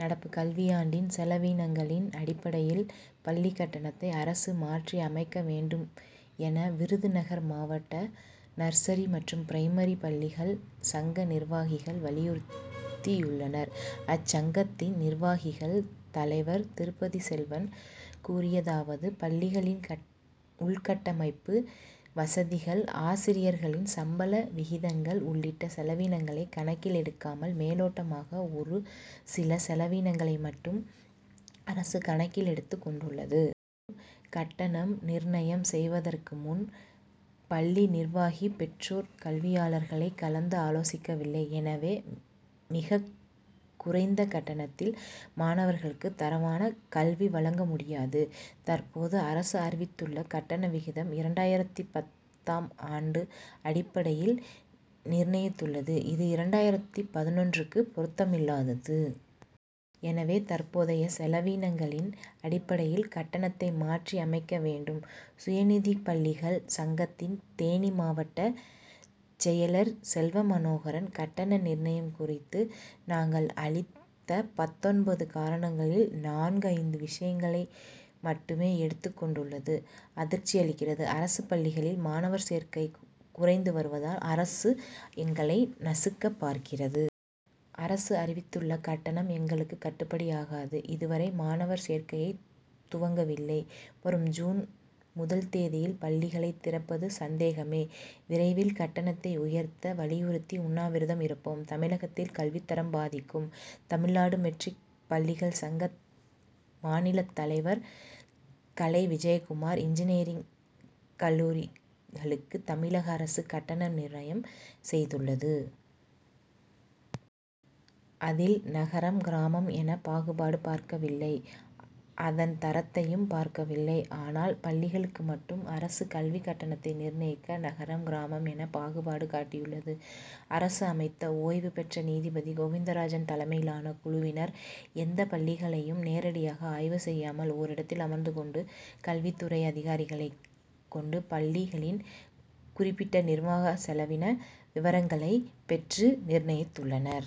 நடப்பு கல்வியாண்டின் செலவினங்களின் அடிப்படையில் பள்ளி கட்டணத்தை அரசு மாற்றி அமைக்க வேண்டும் என விருதுநகர் மாவட்ட நர்சரி மற்றும் பிரைமரி பள்ளிகள் சங்க நிர்வாகிகள் வலியுறுத்தியுள்ளனர். அச்சங்கத்தின் நிர்வாகிகள் தலைவர் திருப்பதி செல்வன் கூறியதாவது பள்ளிகளின் உள்கட்டமைப்பு வசதிகள் ஆசிரியர்களின் சம்பள விகிதங்கள் உள்ளிட்ட செலவினங்களை கணக்கில் எடுக்காமல் மேலோட்டமாக ஒரு சில செலவினங்களை மட்டும் அரசு கணக்கில் எடுத்து கொண்டுள்ளது. மேலும் கட்டணம் நிர்ணயம் செய்வதற்கு முன் பள்ளி நிர்வாகி பெற்றோர் கல்வியாளர்களை கலந்து ஆலோசிக்கவில்லை. எனவே மிகக் குறைந்த கட்டணத்தில் மாணவர்களுக்கு தரமான கல்வி வழங்க முடியாது. தற்போது அரசு அறிவித்துள்ள கட்டண விகிதம் இரண்டாயிரத்து பத்தாம் ஆண்டு அடிப்படையில் நிர்ணயித்துள்ளது. இது இரண்டாயிரத்து பதினொன்றுக்கு பொருத்தமில்லாதது. எனவே தற்போதைய செலவினங்களின் அடிப்படையில் கட்டணத்தை மாற்றி அமைக்க வேண்டும். சுயநிதி பள்ளிகள் சங்கத்தின் தேனி மாவட்ட செயலர் செல்வமனோகரன் கட்டண நிர்ணயம் குறித்து நாங்கள் அளித்த பத்தொன்பது காரணிகளில் நான்கு ஐந்து விஷயங்களை மட்டுமே எடுத்துக் கொண்டுள்ளது அதிர்ச்சி அளிக்கிறது. அரசு பள்ளிகளில் மாணவர் சேர்க்கை குறைந்து வருவதால் அரசு எங்களை நசுக்க பார்க்கிறது. அரசு அறிவித்துள்ள கட்டணம் எங்களுக்கு கட்டுப்படி ஆகாது. இதுவரை மாணவர் சேர்க்கையை துவங்கவில்லை. வரும் ஜூன் முதல் தேதியில் பள்ளிகளை திறப்பது சந்தேகமே. விரைவில் கட்டணத்தை உயர்த்த வலியுறுத்தி உண்ணாவிரதம் இருப்போம். தமிழகத்தில் கல்வித் தரம் பாதிக்கும் தமிழ்நாடு மெட்ரிக் பள்ளிகள் சங்க மாநில துணைத் தலைவர் கலை விஜயகுமார் இன்ஜினியரிங் கல்லூரிகளுக்கு தமிழக அரசு கட்டணம் நிர்ணயம் செய்துள்ளது. அதில் நகரம் கிராமம் என பாகுபாடு பார்க்கவில்லை. அதன் தரத்தையும் பார்க்கவில்லை. ஆனால் பள்ளிகளுக்கு மட்டும் அரசு கல்வி கட்டணத்தை நிர்ணயிக்க நகரம் கிராமம் என பாகுபாடு காட்டியுள்ளது. அரசு அமைத்த ஓய்வு பெற்ற நீதிபதி கோவிந்தராஜன் தலைமையிலான குழுவினர் எந்த பள்ளிகளையும் நேரடியாக ஆய்வு செய்யாமல் ஓரிடத்தில் அமர்ந்துக் கொண்டு கல்வித் துறை அதிகாரிகளைக் கொண்டு பள்ளிகளின் குறிப்பிட்ட நிர்வாக செலவின விவரங்களை பெற்று நிர்ணயித்துள்ளனர்.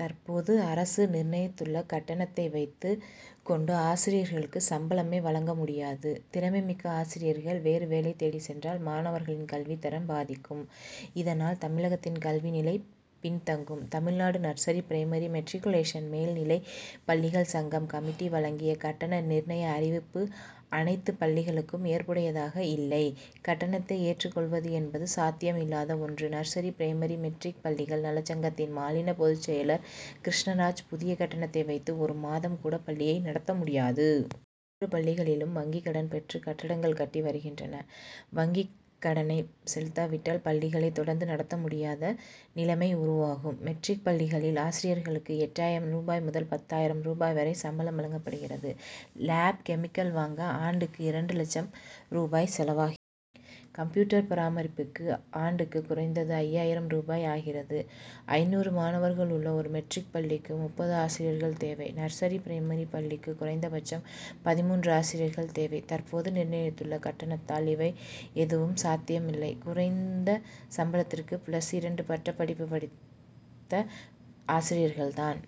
தற்போது அரசு நிர்ணயித்துள்ள கட்டணத்தை வைத்துக் கொண்டு ஆசிரியர்களுக்கு சம்பளமே வழங்க முடியாது. திறமை மிக்க ஆசிரியர்கள் வேறு வேலை தேடி சென்றால் மாணவர்களின் கல்வித் தரம் பாதிக்கும். இதனால் தமிழகத்தின் கல்வி நிலை பின்தங்கும். தமிழ்நாடு நர்சரி பிரைமரி மெட்ரிகுலேஷன் மேல்நிலை பள்ளிகள் சங்கம் கமிட்டி வழங்கிய கட்டண நிர்ணய அறிவிப்பு அனைத்து பள்ளிகளுக்கும் ஏற்புடையதாக இல்லை கட்டணத்தை ஏற்றுக்கொள்வது என்பது சாத்தியம் இல்லாத ஒன்று நர்சரி பிரைமரி மெட்ரிக் பள்ளிகள் நலச்சங்கத்தின் மாநில பொதுச் செயலர் கிருஷ்ணராஜ் புதிய கட்டணத்தை வைத்து ஒரு மாதம் கூட பள்ளியை நடத்த முடியாது. ஒவ்வொரு பள்ளிகளும் வங்கிக் கடன் பெற்று கட்டடங்கள் கட்டி வருகின்றன. வங்கிக் கடனை செலுத்தா விட்டால் பள்ளிகளை தொடர்ந்து நடத்த முடியாத நிலைமை உருவாகும். மெட்ரிக் பள்ளிகளில் ஆசிரியர்களுக்கு எட்டாயிரம் ரூபாய் முதல் பத்தாயிரம் ரூபாய் வரை சம்பளம் வழங்கப்படுகிறது. லேப் கெமிக்கல் வாங்க ஆண்டுக்கு இரண்டு லட்சம் ரூபாய் செலவாகிறது. கம்ப்யூட்டர் பராமரிப்புக்கு ஆண்டுக்கு குறைந்தது ஐயாயிரம் ரூபாய் ஆகிறது. ஐநூறு மாணவர்கள் உள்ள ஒரு மெட்ரிக் பள்ளிக்கு முப்பது ஆசிரியர்கள் தேவை. நர்சரி பிரைமரி பள்ளிக்கு குறைந்தபட்சம் பதின்மூன்று ஆசிரியர்கள் தேவை. தற்போது நிர்ணயித்துள்ள கட்டணத்தால் இவை எதுவும் சாத்தியமில்லை. குறைந்த சம்பளத்துக்கு பிளஸ் இரண்டு பட்டப்படிப்பு முடித்த ஆசிரியர்கள்தான்.